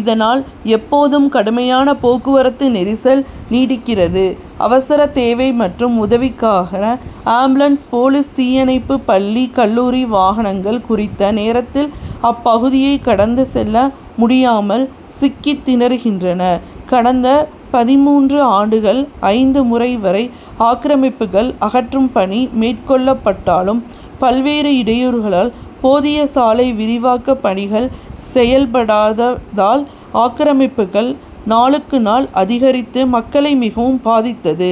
இதனால், எப்போதும் கடுமையான போக்குவரத்து நெரிசல் நீடிக்கிறது. அவசர தேவை மற்றும் உதவிக்காக ஆம்புலன்ஸ், போலீஸ், தீயணைப்பு, பள்ளி, கல்லூரி வாகனங்கள் குறித்த நேரத்தில் அப்பகுதியை கடந்து செல்ல முடியாமல் சிக்கித் திணறுகின்றன. கடந்த பதின்மூன்று ஆண்டுகளில் ஐந்து முறை வரை ஆக்கிரமிப்புகள் அகற்றும் பணி மேற்கொள்ளப்பட்டாலும், பல்வேறு இடையூறுகளால் போதிய சாலை விரிவாக்கப் பணிகள் செயள்படாததால், ஆக்கிரமிப்புகள் நாளுக்கு நாள் அதிகரித்து மக்களை மிகவும் பாதித்தது.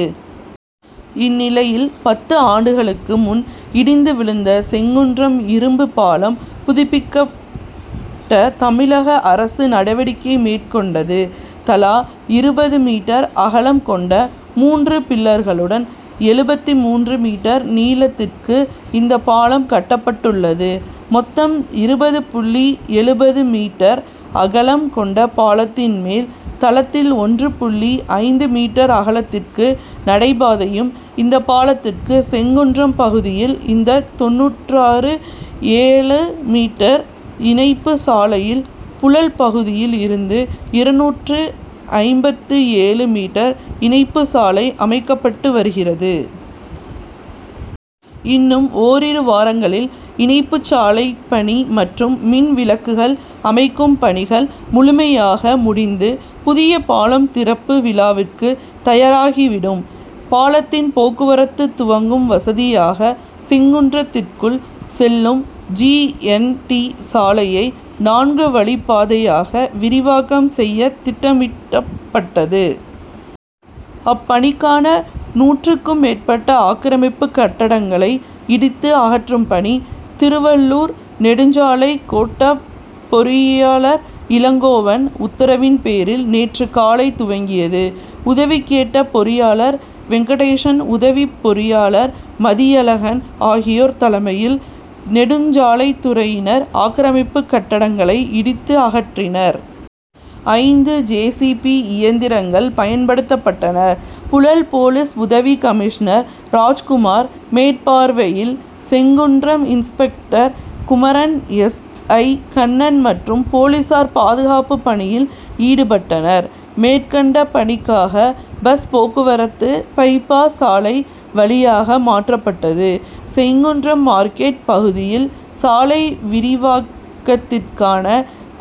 இந்நிலையில், பத்து ஆண்டுகளுக்கு முன் இடிந்து விழுந்த செங்குன்றம் இரும்பு பாலத்தை புதுப்பித்துக் கட்ட, தமிழக அரசு நடவடிக்கை மேற்கொண்டது. தலா இருபது மீட்டர் அகலம் கொண்ட மூன்று பில்லர்களுடன் எழுபத்து மூன்று மீட்டர் நீளத்திற்கு இந்த பாலம் கட்டப்பட்டுள்ளது. மொத்தம் இருபது புள்ளி எழுபது மீட்டர் அகலம் கொண்ட பாலத்தின் மேல் தளத்தில் ஒன்று புள்ளி ஐந்து மீட்டர் அகலத்திற்கு நடை பாதையும், இந்த பாலத்திற்கு செங்குன்றம் பகுதியில் இந்த தொண்ணூற்று ஏழு மீட்டர் இணைப்பு சாலையும், புழல் பகுதியில் இருந்து இருநூற்று ஐம்பத்து ஏழு மீட்டர் இணைப்பு சாலையும் அமைக்கப்பட்டு வருகிறது. இன்னும் ஓரிரு வாரங்களில் இணைப்புச் சாலைப்பணி மற்றும் மின் விளக்குகள் அமைக்கும் பணிகள் முழுமையாக முடிந்து, புதிய பாலம் திறப்பு விழாவிற்கு தயாராகி விடும். பாலத்தில் போக்குவரத்து துவங்க வசதியாக செங்குன்றத்திற்குள் செல்லும் ஜி. என். டி. சாலையை, நான்கு வழிப்பாதையாக விரிவாக்கம் செய்ய திட்டமிட்டப்பட்டது. அப்பணிக்காக நூற்றுக்கும் மேற்பட்ட ஆக்கிரமிப்பு கட்டடங்களை இடித்து அகற்றும் பணி, திருவள்ளூர் நெடுஞ்சாலை கோட்டப் பொறியாளர் இளங்கோவன் உத்தரவின் பேரில் நேற்று காலை துவங்கியது. உதவி கோட்டப் பொறியாளர் வெங்கடேசன், உதவிப் பொறியாளர் மதியழகன் ஆகியோர் தலைமையில் நெடுஞ்சாலைத் துறையினர், ஆக்கிரமிப்பு கட்டடங்களை இடித்து அகற்றினர். ஐந்து ஜே. சி. பி. இயந்திரங்கள் பயன்படுத்தப்பட்டன. புழல் போலீஸ் உதவி கமிஷனர் ராஜ்குமார் மேற்பார்வையில் Sengundram inspector Kumaran, S. I. Kannan மற்றும் போலீசார் பாதுகாப்பு பணியில் ஈடுபட்டனர். மேற்கண்ட பணிக்காக பஸ் போக்குவரத்து, பை பாஸ் சாலை வழியாக மாற்றப்பட்டது. செங்குன்றம் மார்க்கெட் பகுதியில் சாலை விரிவாக்கத்திற்கான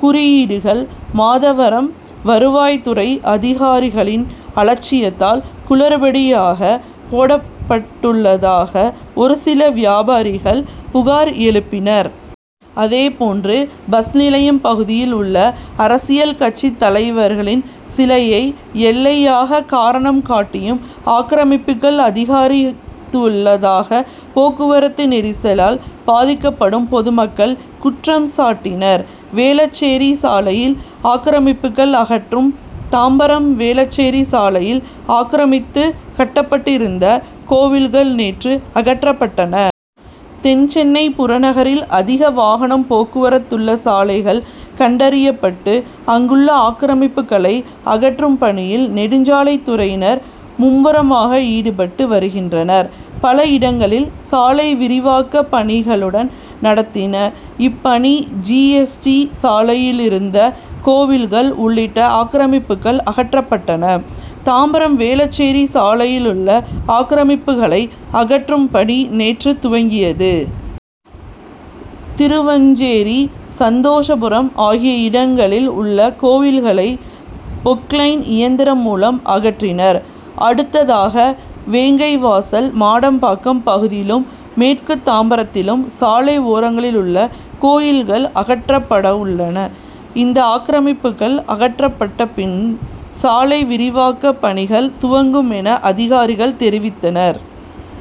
குறியீடுகள், மாதவரம் வருவாய்த்துறை அதிகாரிகளின் அலட்சியத்தால் குளறுபடியாக போடப்பட்டுள்ளதாக, ஒரு சில வியாபாரிகள் புகார் எழுப்பினர். அதே போன்று, பஸ் நிலையம் பகுதியில் உள்ள அரசியல் கட்சித் தலைவர்களின் சிலையை, எல்லையாக காரணம் காட்டியும் ஆக்கிரமிப்புகள் அதிகரித்துள்ளதாக, போக்குவரத்து நெரிசலால் பாதிக்கப்படும் பொதுமக்கள் குற்றம் சாட்டினர். வேளச்சேரி சாலையில் ஆக்கிரமிப்புகள் அகற்றம் தாம்பரம் வேளச்சேரி சாலையை ஆக்கிரமித்து கட்டப்பட்டிருந்த கோவில்கள் நேற்று அகற்றப்பட்டன. தென்சென்னை புறநகரில் அதிக வாகன போக்குவரத்துள்ள சாலைகள் கண்டறியப்பட்டு, அங்குள்ள ஆக்கிரமிப்புக்களை அகற்றும் பணியில் நெடுஞ்சாலைத்துறையினர் மும்முரமாக ஈடுபட்டு வருகின்றனர். பல இடங்களில் சாலை விரிவாக்க பணிகளும் நடக்கின்றன. இப்பணிக்காக ஜி. எஸ். டி. சாலையிலிருந்த கோவில்கள் உள்ளிட்ட ஆக்கிரமிப்புக்கள் அகற்றப்பட்டன. தாம்பரம் வேளச்சேரி சாலையிலுள்ள ஆக்கிரமிப்புக்களை அகற்றும் பணி நேற்று துவங்கியது. திருவஞ்சேரி, சந்தோஷபுரம் ஆகிய இடங்களில் உள்ள கோவில்களை பொக்லைன் இயந்திரம் மூலம் அகற்றினர். அடுத்ததாக வேங்கைவாசல், மாடம்பாக்கம் பகுதிகளிலும், மேற்கு தாம்பரத்திலும் சாலை ஓரத்திலுள்ள கோவில்கள் அகற்றப்படவுள்ளன. இந்த ஆக்கிரமிப்புக்கள் அகற்றப்பட்ட பின், சாலை விரிவாக்க பணிகள் துவங்குமென அதிகாரிகள் தெரிவித்தனர்.